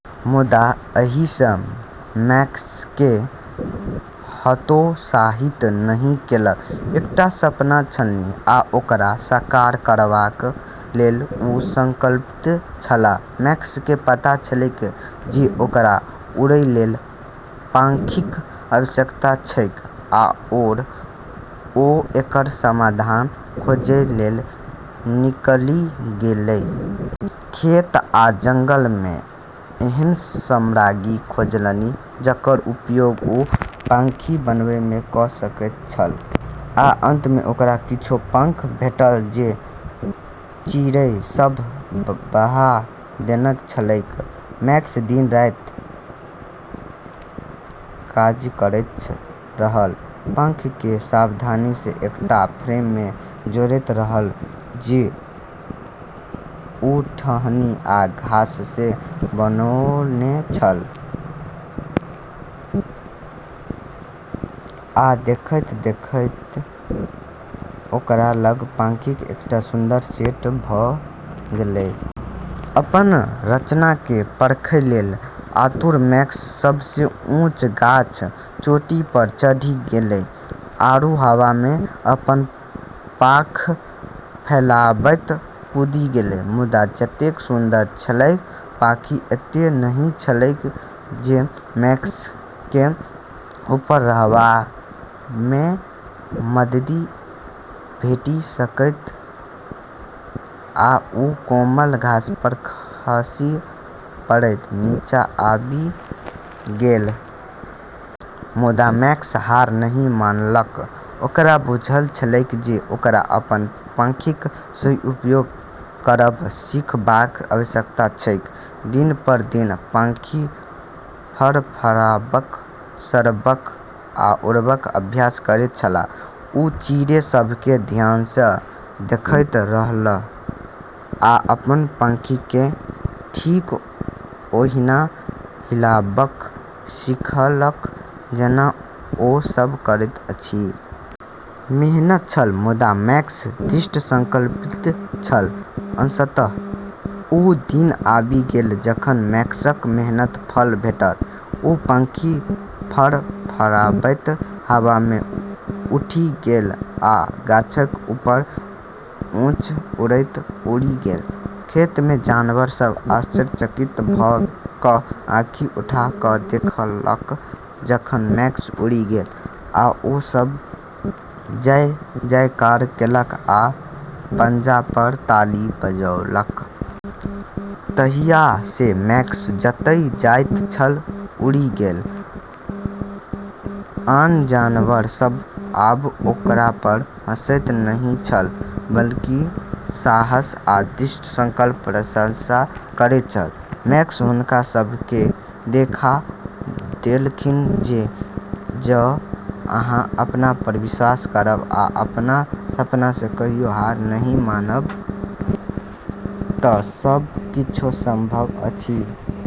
मुदा एहिसँ मैक्सकेँ हतोत्साहित नहि केलक। एकटा सपना छलनि, आ ओकरा साकार करबाक लेल ओ संकल्पित छलाह। मैक्सकेँ पता छलैक जे ओकरा उड़ै लेल पाँखिक आवश्यकता छैक, आओर ओ एकर समाधान खोजै लेल निकलि गेलै। खेत आ जंगलमे एहन सामग्री खोजलनि जकर उपयोग ओ पाँखि बनेबामे कऽ सकैत छल, आ अंतमे, ओकरा किछु पंख भेटल जे चिड़ै सभ बहा देने छलैक। मैक्स दिन-राति काज करैत रहल, पंखकेँ सावधानीसँ एकटा फ्रेममे जोड़ैत रहल जे ओ टहनी आ घाससँ बनौने छल, आ देखैत-देखैत, ओकरा लग पाँखिक एकटा सुन्दर सेट भऽ गेलै। अपन रचनाकेँ परखै लेल आतुर मैक्स सबसँ ऊँच गाछक चोटीपर चढ़ि गेलै आरू हवामे अपन पाँख फैलाबैत कूदि गेलै। मुदा जतेक सुन्दर छलैक, पाँखि एतेक नहि छलैक जे मैक्सकेँ ऊपर रहबामे मददि भेटि सकए, आ ओ कोमल घासपर खसि पड़ैत नीचाँ आबि गेल। मुदा मैक्स हार नहि मानलक। ओकरा बुझल छलैक जे ओकरा अपन पाँखिक सही उपयोग करब सीखबाक आवश्यकता छैक। दिन पर दिन पाँखि फड़फड़ाबब, सरकब आ उड़ब अभ्यास करैत छलाह। ओ चिड़ै सभकेँ ध्यानसँ देखैत रहल आ अपन पाँखिकेँ ठीक ओहिना हिलाबब सीखलक जेना ओ सभ करैत अछि। मेहनत छल, मुदा मैक्स दृढ़ संकल्पित छल। अंततः ओ दिन आबि गेल जखन मैक्सक मेहनतक फल भेटल। ओ पाँखि फड़फड़ाबैत हवामे उठि गेल आ गाछक ऊपर ऊँच उड़ैत उड़ि गेल। खेतमे जानवर सभ आश्चर्यचकित भऽ कऽ आँखि उठा कऽ देखलक जखन मैक्स उड़ि गेल, आ ओ सभ जय-जयकार केलक आ पंजापर ताली बजौलक। तहियासँ मैक्स जतय जाइत छल उड़ि गेल। आन जानवर सभ आब ओकरापर हँसैत नहि छल, बल्कि ओकर साहस आ दृढ़ संकल्पक प्रशंसा करैत छल। मैक्स हुनका सभकेँ देखा देलखिन जे जँ अहाँ अपनापर विश्वास करब आ अपन सपनासँ कहियो हार नहि मानब तऽ सब किछु संभव अछि।